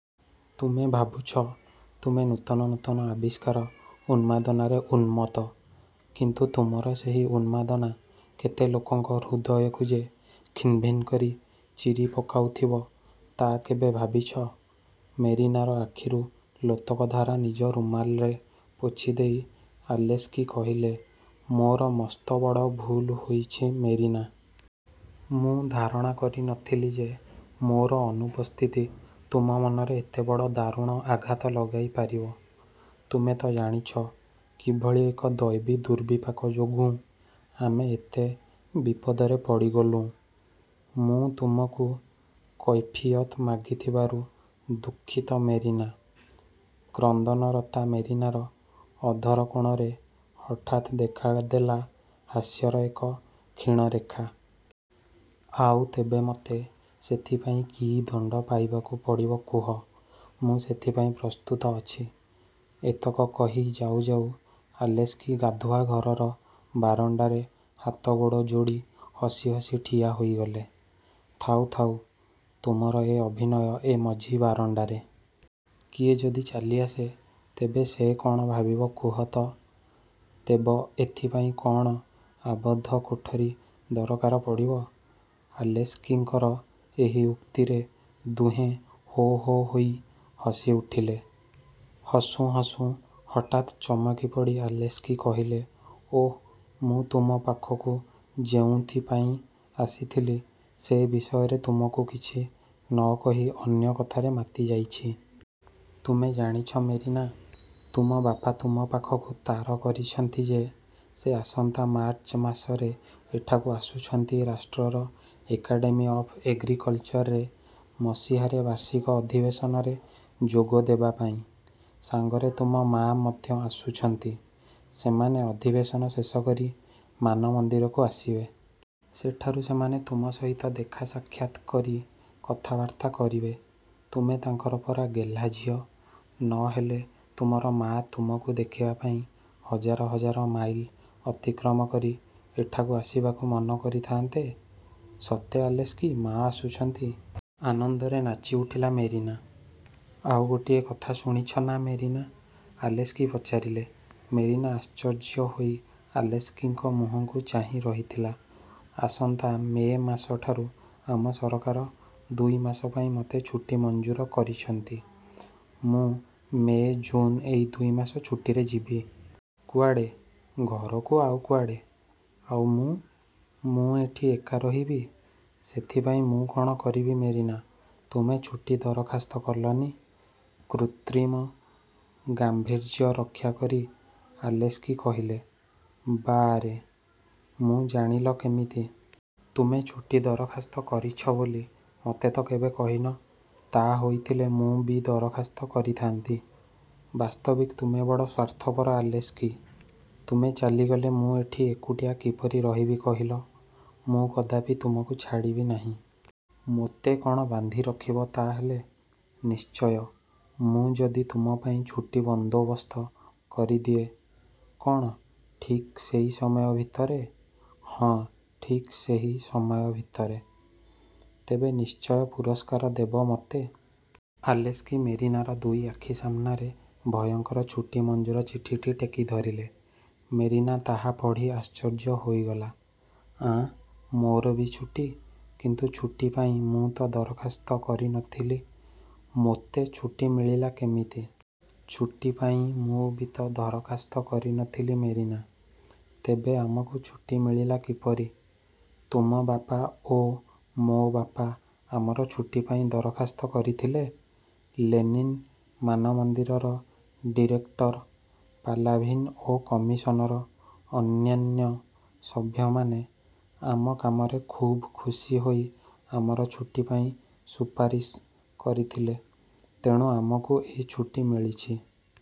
ତୁମେ ଭାବୁଛ, ତୁମେ ନୂତନ ନୂତନ ଆବିଷ୍କାର ଉନ୍ମାଦନାରେ ଉନ୍ମତ୍ତ। କିନ୍ତୁ ତୁମର ସେହି ଉନ୍ନାଦନା କେତେ ଲୋକଙ୍କ ହୃଦୟକୁ ଯେ ଖିନ୍ଭିନ୍ କରି ଚିରି ପକାଉଥିବ, ତା' କେବେ ଭାବିଛ? '' ମେରିନାର ଆଖିରୁ ଲୋତକଧାରା ନିଜ ରୁମାଲରେ ପୋଛିଦେଇ ଆଲେସ୍କି କହିଲେ, ''ମୋର ମସ୍ତବଡ଼ ଭୁଲ ହୋଇଛି ମେରିନା। ମୁଁ ଧାରଣା କରି ନଥିଲି ଯେ, ମୋର ଅନୁପସ୍ଥିତି ତୁମ ମନରେ ଏତେ ବଡ଼ ଦାରୁଣ ଆଘାତ ଲଗାଇ ପାରିବ। ତୁମେ ତ ଜାଣିଛ, କିଭଳି ଏକ ଦୈବୀଦୁର୍ବିପାକ ଯୋଗୁଁ ଆମେ ଏତେ ବିପଦରେ ପଡ଼ିଗଲୁଁ। ମୁଁ ତୁମକୁ କୈଫିୟତ୍ ମାଗିଥିବାରୁ ଦୁଃଖିତ ମେରିନା। '' କ୍ରନ୍ଦନରତା ମେରିନାର ଅଧରକୋଣରେ ହଠାତ୍ ଦେଖାଦେଲା ହାସ୍ୟର ଏକ କ୍ଷୀଣରେଖା। ''ଆଉ ତେବେ ମୋତେ ସେଥିପାଇଁ କି ଦଣ୍ଡ ପାଇବାକୁ ପଡ଼ିବ କୁହ? ମୁଁ ସେଥିପାଇଁ ପ୍ରସ୍ତୁତ ଅଛି। '' ଏତକ କହି ଯାଉ ଯାଉ ଆଲେସ୍କି ଗାଧୁଆଘରର ବାରଣ୍ଡାରେ ହାତଗୋଡ଼ ଯୋଡ଼ି ହସି ହସି ଠିଆ ହୋଇଗଲେ। ''ଥାଉ, ଥାଉ, ତୁମର ଏ ଅଭିନୟ ଏ ମଝି ବାରଣ୍ଡାରେ! କିଏ ଯଦି ଚାଲିଆସେ, ତେବେ ସେ କ'ଣ ଭାବିବ କୁହ ତ? '' ''ତେବ ଏଥିପାଇଁ କ'ଣ ଆବଦ୍ଧ କୋଠରି ଦରକାର ପଡ଼ିବ? '' ଆଲେସ୍କିଙ୍କର ଏହି ଉକ୍ତିରେ ଦୁହେଁ ହୋ-ହୋ ହୋଇ ହସିଉଠିଲେ। ହସୁଁ ହସୁଁ ହଠାତ୍ ଚମକି ପଡ଼ି ଆଲେସ୍କି କହିଲେ, ''ଓଃ, ମୁଁ ତୁମ ପାଖକୁ ଯେଉଁଥିପାଇଁ ଆସିଥିଲି, ସେ ବିଷୟରେ ତୁମକୁ କିଛି ନ କହି ଅନ୍ୟ କଥାରେ ମାତିଯାଇଛି। ତୁମେ ଜାଣିଛ ମେରିନା, ତୁମ ବାପା ତୁମ ପାଖକୁ ତାର କରିଛନ୍ତି ଯେ, ସେ ଆସନ୍ତା ମାର୍ଚ୍ଚ ମାସରେ ଏଠାକୁ ଆସୁଛନ୍ତି ରାଷ୍ଟ୍ରର ଏକାଡ଼େମୀ ଅଫ୍ ଏଗ୍ରିକଲ୍ଚର୍ରେ ମସିହାରେ ବାର୍ଷିକ ଅଧିବେଶନରେ ଯୋଗଦେବା ପାଇଁ। ସଙ୍ଗରେ ତୁମ ମା' ମଧ୍ୟ ଆସୁଛନ୍ତି। ସେମାନେ ଅଧିବେଶନ ଶେଷ କରି ମାନମନ୍ଦିରକୁ ଆସିବେ। ସେଠାରୁ ସେମାନେ ତୁମ ସହିତ ଦେଖା-ସାକ୍ଷାତ୍ କରି କଥାବାର୍ତ୍ତା କରିବେ। ତୁମେ ତାଙ୍କର ପରା ଗେହ୍ଲାଝିଅ; ନ ହେଲେ ତୁମର ମା' ତୁମକୁ ଦେଖିବା ପାଇଁ ହଜାର ହଜାର ମାଇଲ ଅତିକ୍ରମ କରି ଏଠାକୁ ଆସିବାକୁ ମନ କରିଥାନ୍ତେ? '' ''ସତେ ଆଲେସ୍କି, ମା' ଆସୁଛନ୍ତି? '' ଆନନ୍ଦରେ ନାଚି ଉଠିଲା ମେରିନା। ''ଆଉ ଗୋଟିଏ କଥା ଶୁଣିଛ ନା ମେରିନା? '' ଆଲେସ୍କି ପଚାରିଲେ। ମେରିନା ଆଶ୍ଚର୍ଯ୍ୟ ହୋଇ ଆଲେସ୍କିଙ୍କ ମୁହଁକୁ ଚାହିଁ ରହିଥିଲା। ''ଆସନ୍ତା ମେ ମାସଠାରୁ ଆମ ସରକାର। ଦୁଇମାସ ପାଇଁ ମୋତେ ଛୁଟି ମଞ୍ଜୁର କରିଛନ୍ତି। ମୁଁ ମେ, ଜୁନ୍ ଏ ଦୁଇ ମାସ ଛୁଟିରେ ଯିବି। '' ''କୁଆଡ଼େ? ''ଘରକୁ, ଆଉ କୁଆଡ଼େ? '' ''ଆଉ ମୁଁ! ମୁଁ ଏଠି ଏକା ରହିବି? '' ''ସେଥିପାଇଁ ମୁଁ କ'ଣ କରିବି ମେରିନା। ତୁମେ ଛୁଟି ଦରଖାସ୍ତ କଲନି? '' କୃତ୍ରିମ ଗାମ୍ଭୀର୍ଯ୍ୟ ରକ୍ଷାକରି ଆଲେସ୍କି କହିଲେ। ''ବାଃ ରେ, ମୁଁ ଜାଣିଲ କେମିତି? ତୁମେ ଛୁଟି ଦରଖାସ୍ତ କରିଛ ବୋଲି ମୋତେ ତ କେବେ କହିନ? ତା' ହୋଇଥିଲେ ମୁଁ ବି ଦରଖାସ୍ତ କରିଥାନ୍ତି। ବାସ୍ତବିକ୍ ତୁମେ ବଡ଼ ସ୍ୱାର୍ଥପର ଆଲେସ୍କି! ତୁମେ ଚାଲିଗଲେ, ମୁଁ ଏଠି ଏକୁଟିଆ କିପରି ରହିବି କହିଲ? ମୁଁ କଦାପି ତୁମକୁ ଛାଡ଼ିବି ନାହିଁ। '' ''ମୋତେ କ'ଣ ବାନ୍ଧିରଖିବ ତା' ହେଲେ? '' ''ନିଶ୍ଚୟ। '' ''ମୁଁ ଯଦି ତୁମ ପାଇଁ ଛୁଟି ବନ୍ଦୋବସ୍ତ କରିଦିଏ। '' ''କ'ଣ ଠିକ୍ ସେଇ ସମୟ ଭିତରେ? '' ''ହଁ, ଠିକ୍ ସେହି ସମୟ ଭିତରେ। ତେବେ ନିଶ୍ଚୟ ପୁରସ୍କାର ଦେବ ମୋତେ? '' ଆଲେସ୍କି ମେରିନାର ଦୁଇ ଆଖି ସାମନାରେ ଉଭୟଙ୍କର ଛୁଟି ମଞ୍ଜୁର ଚିଠିଟି ଟେକି ଧରିଲେ। ମେରିନା ତାହା ପଢ଼ି ଆଶ୍ଚର୍ଯ୍ୟ ହୋଇଗଲା। ''ଆଁ, ମୋର ବି ଛୁଟି? କିନ୍ତୁ ଛୁଟି ପାଇଁ ମୁଁ ତ ଦରଖାସ୍ତ କରି ନଥିଲି? ମୋତେ ଛୁଟି ମିଳିଲା କେମିତି? '' ''ଛୁଟିପାଇଁ ମୁଁ ବି ତ ଦରଖାସ୍ତ କରିନଥିଲି ମେରିନା! '' ''ତେବେ-ଆମକୁ ଛୁଟି ମିଳିଲା କିପରି? '' ''ତୁମ ବାପା ଓ ମୋ ବାପା ଆମର ଛୁଟିପାଇଁ ଦରଖାସ୍ତ କରିଥିଲେ? ଲେନିନ୍ ମାନମନ୍ଦିରର ଡିରେକ୍ଟର ପାଲାଭିନ୍ ଓ କମିଶନର ଅନ୍ୟାନ୍ୟ ସଭ୍ୟମାନେ ଆମ କାମରେ ଖୁବ୍ ଖୁସି ହୋଇ ଆମର ଛୁଟିପାଇଁ ସୁପାରିଶ କରିଥିଲେ। ତେଣୁ ଆମକୁ ଏ ଛୁଟି ମିଳିଛି।